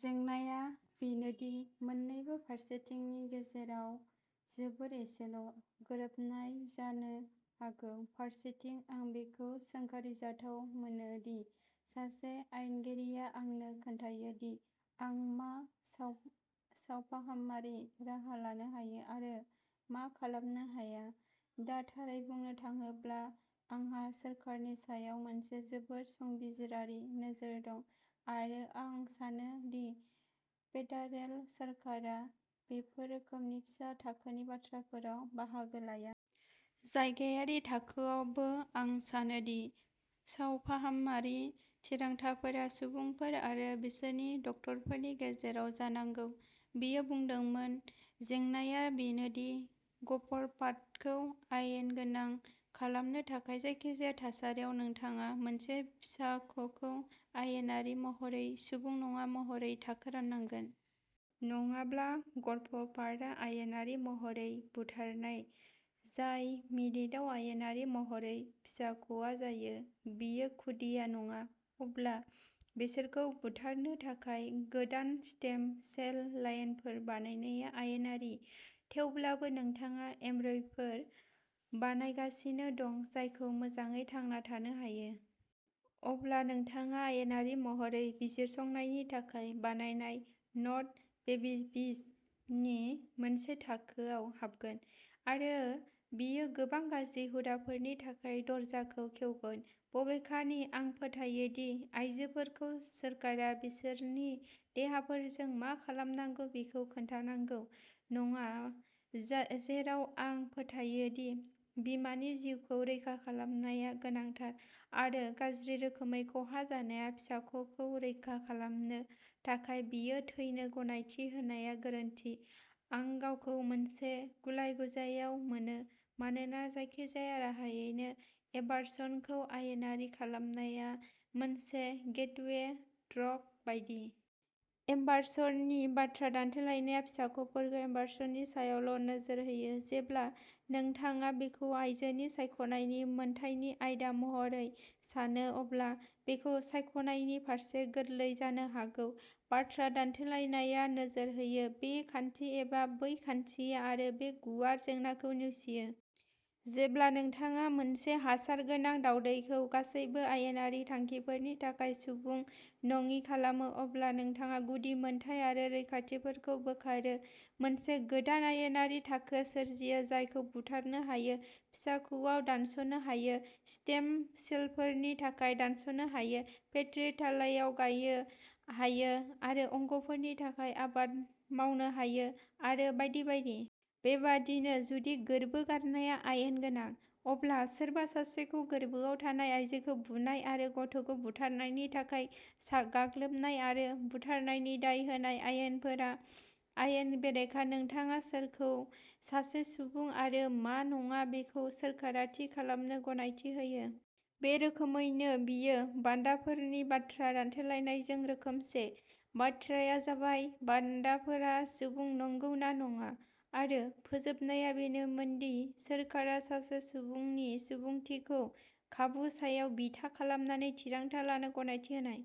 जेंनाआ बेनो दि मोन्नैबो फारसेथिंनि गेजेराव जोबोद एसेल' गोरोबनाय जानो हागौ। फारसेथिं, आं बेखौ सोंखारिजाथाव मोनो दि सासे आयेनगिरिआ आंनो खोन्थायो दि आं मा सम सावफाहामारि राहा लानो हायो आरो मा खालामनो हाया। दा, थारै बुंनो थाङोब्ला, आंहा सोरखारनि सायाव मोनसे जोबोद संबिजिरारि नोजोर दं, आरो आं सानो दि फेडारेल सोरखारा बेफोर रोखोमनि फिसा थाखोनि बाथ्राफोराव बाहागो लाया। जायगायारि थाखोआवबो, आं सानो दि सावफाहामारि थिरांथाफोरा सुबुंफोर आरो बिसोरनि डक्टरफोरनि गेजेराव जानांगौ। बियो बुंदोंमोन, जेंनाआ बेनो दि गपारपातखौ आयेन गोनां खालामनो थाखाय, जायखिजाया थासारियाव, नोंथाङा मोनसे फिसाख'खौ आयेनारि महरै सुबुं नङा महरै थाखो राननांगोन। नङाब्ला, गर्भपातआ आयेनारि महरै बुथारनाय। जाय मिनिटआव आयेनारि महरै फिसाख'आ जायो। बेयो खुदिया नङा, अब्ला बिसोरखौ बुथारनो थाखाय गोदान स्टेम सेल लाइनफोर बानायनाया आयेनारि, थेवब्लाबो नोंथाङा एम्ब्रय'फोर बानायगासिनो दं जाय मोजाङै थांना थानो हायो। अब्ला नोंथाङा आयेनारि महरै बिजिरसंनायनि थाखाय बानायनाय न'ट-बेबिबीज नि मोनसे थाखोआव हाबगोन, आरो बेयो गोबां गाज्रि हुदाफोरनि थाखाय दरजाखौ खेवगोन। बबेखानि आं फोथायो दि आयजोफोरखौ सोरखारा बिसोरनि देहाफोरजों मा खालामनांगौ बेखौ खोन्थानांगौ नङा, जाय जेराव आं फोथायो दि बिमानि जिउखौ रैखा खालामनाया गोनांथार, आरो गाज्रि रोखोमै खहा जानाय फिसाख'खौ रैखा खालामनो थाखाय बिखौ थैनो गनायथि होनाया गोरोन्थि आं गावखौ मोनसे गुलाय-गुजायाव मोनो, मानोना जायखिजाया राहायैनो एबार्सनखौ आयेनारि खालामनाया मोनसे गेटवे ड्रग बायदि। एबार्सननि बाथ्रा दान्थेलायनाया फिसाख'फोरखौ एबार्सननि सायावल' नोजोर होयो। जेब्ला नोंथाङा बेखौ आयजोनि सायख'नायनि मोन्थाइ नि आयदा महरै सानो, अब्ला बेखौ सायख'नायनि फारसे गोरलै जानो हागौ। बाथ्रा दान्थेलायनाया नोजोर होयो बे खान्थि एबा बै खान्थि आरो बे गुवार जेंनाखौ नेवसियो। जेब्ला नोंथाङा मोनसे हासार गोनां दावदैखौ गासैबो आयेनारि थांखिफोरनि थाखाय सुबुं नङि खालामो, अब्ला नोंथाङा गुदि मोनथाय आरो रैखाथिफोरखौ बोखारो, मोनसे गोदान आयेनारि थाखो सोरजियो जायखौ बुथारनो हायो, फिसाख'आव दानस'नो हायो, स्टेम सेलफोरनि थाखाय दानस'नो हायो, पेट्रि थालायाव गायो हायो आरो अंग'फोरनि थाखाय आबाद मावनो हायो, आरो बायदि बायदि। बेबायदिनो, जुदि गोर्बो गारनाया आयेन गोनां, अब्ला सोरबा सासेखौ गोर्बोआव थानाय आयजोखौ बुनाय आरो गथ'खौ बुथारनायनि थाखाय सा गाग्लोबनाय आरो बुथारनायनि दाय होनाय आयेनफोरा आयेन बेरेखा। नोंथाङा सोरखौ सासे सुबुं आरो मा नङा बेखौ सोरखारा थि खालामनो गनायथि होयो। बे रोखोमैनो, बेयो बान्दाफोरनि बाथ्रा दानथेलायनायजों रोखोमसे। बाथ्राया जाबाय बान्दाफोरा सुबुं नंगौ ना नङा, आरो फोजोबनाया बेनोमोन दि सोरखारा सासे सुबुंनि सुबुंथिखौ खाबुनि सायाव बिथा खालामनानै थिरांथा लानो गनायथि होनाय।